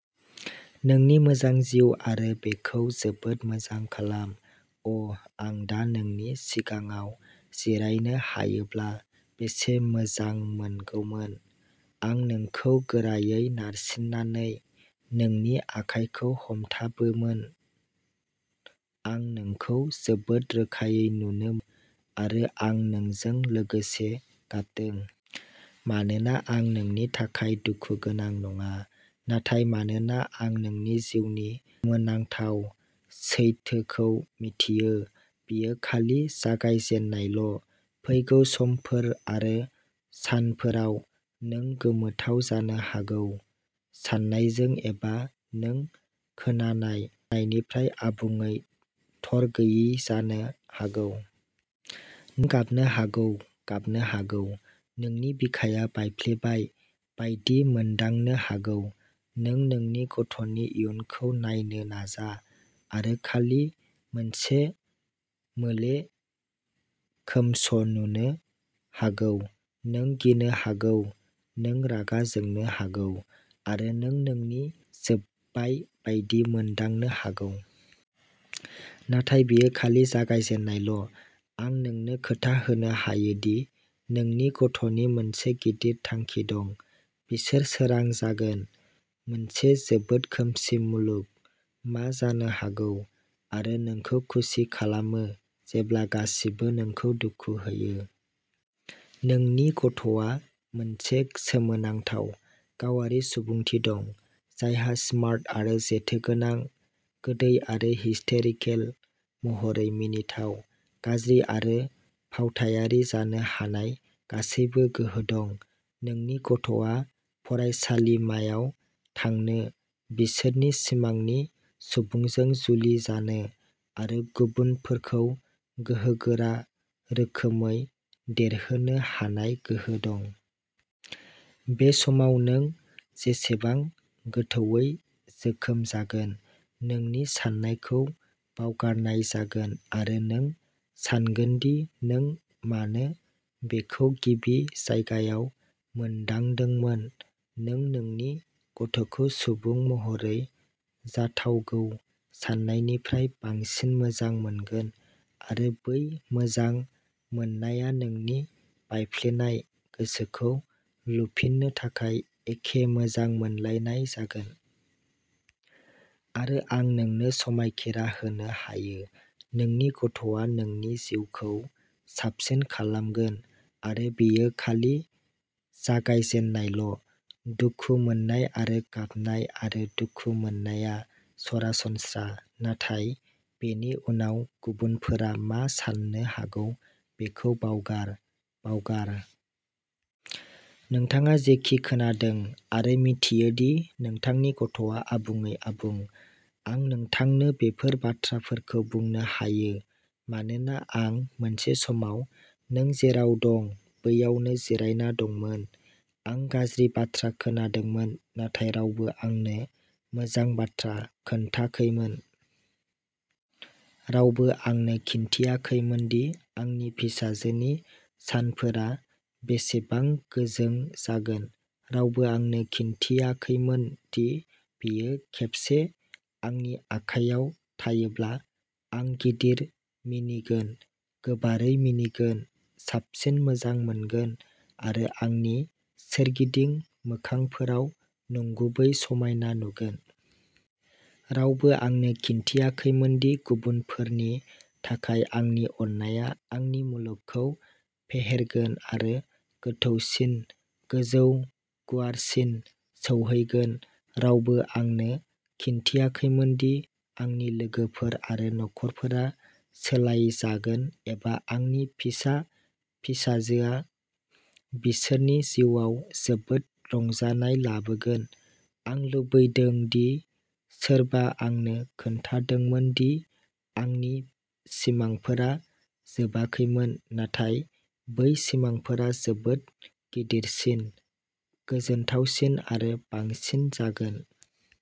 नोंनि मोजां जिउ आरो बेखौ जोबोद मोजां खालाम। अ' आं दा नोंनि सिगाङाव जिरायनो हायोब्ला बेसेबां मोजांमोनगौमोन। आं नोंखौ गोरायै नारसिन्नानै नोंनि आखाइखौ हमथाबोमोन। आं नोंखौ जोबोद रोखायै नुनो मोनो आरो आं नोंजों लोगोसे गाबदों। मानोना आं नोंनि थाखाय दुखुगोनां नङा, नाथाय मानोना आं नोंनि जिउनि सोमोनांथाव सैथोखौ मिथियो। बेयो खालि जागायजेननायल'। फैगौ समफोर आरो सानफोराव, नों गोमोथाव जानो हागौ, सानायजों, एबा नों खोनानाय नायनिफ्राय आबुङै थरगैयि जानो हागौ। नों गाबनो हागौ, गाबनो हागौ, नोंनि बिखाया बायफ्लेबाय बायदि मोनदांनो हागौ। नों नोंनि गथ'नि इयुनखौ नायनो नाजा आरो खालि मोनसे मोले खोमस'नुनो हागौ। नों गिनो हागौ, नों रागा जोंनो हागौ, आरो नों नोंनि जोबबाय बायदि मोनदांनो हागौ। नाथाय बेयो खालि जागायजेननायल'। आं नोंनो खोथा होनो हायो दि नोंनि गथ'नि मोनसे गिदिर थांखि दं। बिसोर सोरां जागोन। मोनसे जोबोद खोमसि मुलुग मा जानो हागौ, आरो नोंखौ खुसि खालामो जेब्ला गासिबो नोंखौ दुखु होयो। नोंनि गथ'आ मोनसे सोमोनांथाव, गावारि सुबुंथि दं, जायहा स्मार्ट आरो जेथोगोनां, गोदै आरो हिस्टेरिकेल महरै मिनिथाव, गाज्रि आरो फावथायारि जानो हानाय गासैबो गोहो दं। नोंनि गथ'आ फरायसालिमायाव थांनो, बिसोरनि सिमांनि सुबुंजों जुलि जानो, आरो गुबुनफोरखौ गोहोगोरा रोखोमै देरहोनो हानाय गोहो दं। बे समाव नों जेसेबां गोथौवै जोखोम जागोन, नोंनि साननायखौ बावगारनाय जागोन आरो नों सानगोन दि नों मानो बेखौ गिबि जायगायाव मोनदांदोंमोन। नों नोंनि गथ'खौ सुबुं महरै जाथावगौ सान्नायनिफ्राय बांसिन मोजां मोनगोन, आरो बै मोजां मोननाया नोंनि बायफ्लेनाय गोसोखौ लुफिननो थाखाय एखे मोजां मोनलायनाय जागोन। आरो आं नोंनो समायखिरा होनो हायो-नोंनि गथ'आ नोंनि जिउखौ साबसिन खालामगोन। आरो बेयो खालि जागायजेननायल'। दुखु मोन्नाय आरो गाबनाय आरो दुखु मोननाया सरासनस्रा। नाथाय बेनि उनाव गुबुनफोरा मा सान्नो हागौ बेखौ बावगार। बावगार। नोंथाङा जेखि खोनादों, आरो मिन्थियो दि नोंथांनि गथ'आ आबुङै आबुं। आं नोंथांनो बेफोर बाथ्राफोरखौ बुंनो हायो मानोना आं मोनसे समाव नों जेराव दं, बैयावनो जिरायना दंमोन। आं गाज्रि बाथ्रा खोनादोंमोन, नाथाय रावबो आंनो मोजां बाथ्रा खोन्थाखैमोन। रावबो आंनो खिन्थियाखैमोन दि आंनि फिसाजोनि सानफोरा बेसेबां गोजों जागोन। रावबो आंनो खिन्थियाखैमोन दि बियो खेबसे आंनि आखाइयाव थायोब्ला, आं गिदिर मिनिगोन, गोबारै मिनिगोन, साबसिन मोजां मोनगोन, आरो आंनि सोरगिदिं मोखांफोराव नंगुबै समायना नुगोन। रावबो आंनो खिन्थियाखैमोनदि गुबुनफोरनि थाखाय आंनि अननायआ आंनि मुलुगखौ फेहेरगोन आरो गोथौसिन, गोजौ, गुवारसिन सौहैगोन। रावबो आंनो खिन्थियाखैमोनदि आंनि लोगोफोर आरो नखरफोरा सोलायजागोन एबा आंनि फिसा फिसाजोआ बिसोरनि जिउआव जोबोद रंजानाय लाबोगोन। आं लुबैदों दि सोरबा आंनो खोन्थादोंमोन दि आंनि सिमांफोरा जोबाखैमोन, नाथाय बै सिमांफोरा जोबोद गिदिरसिन, गोजोनथावसिन आरो बांसिन जागोन।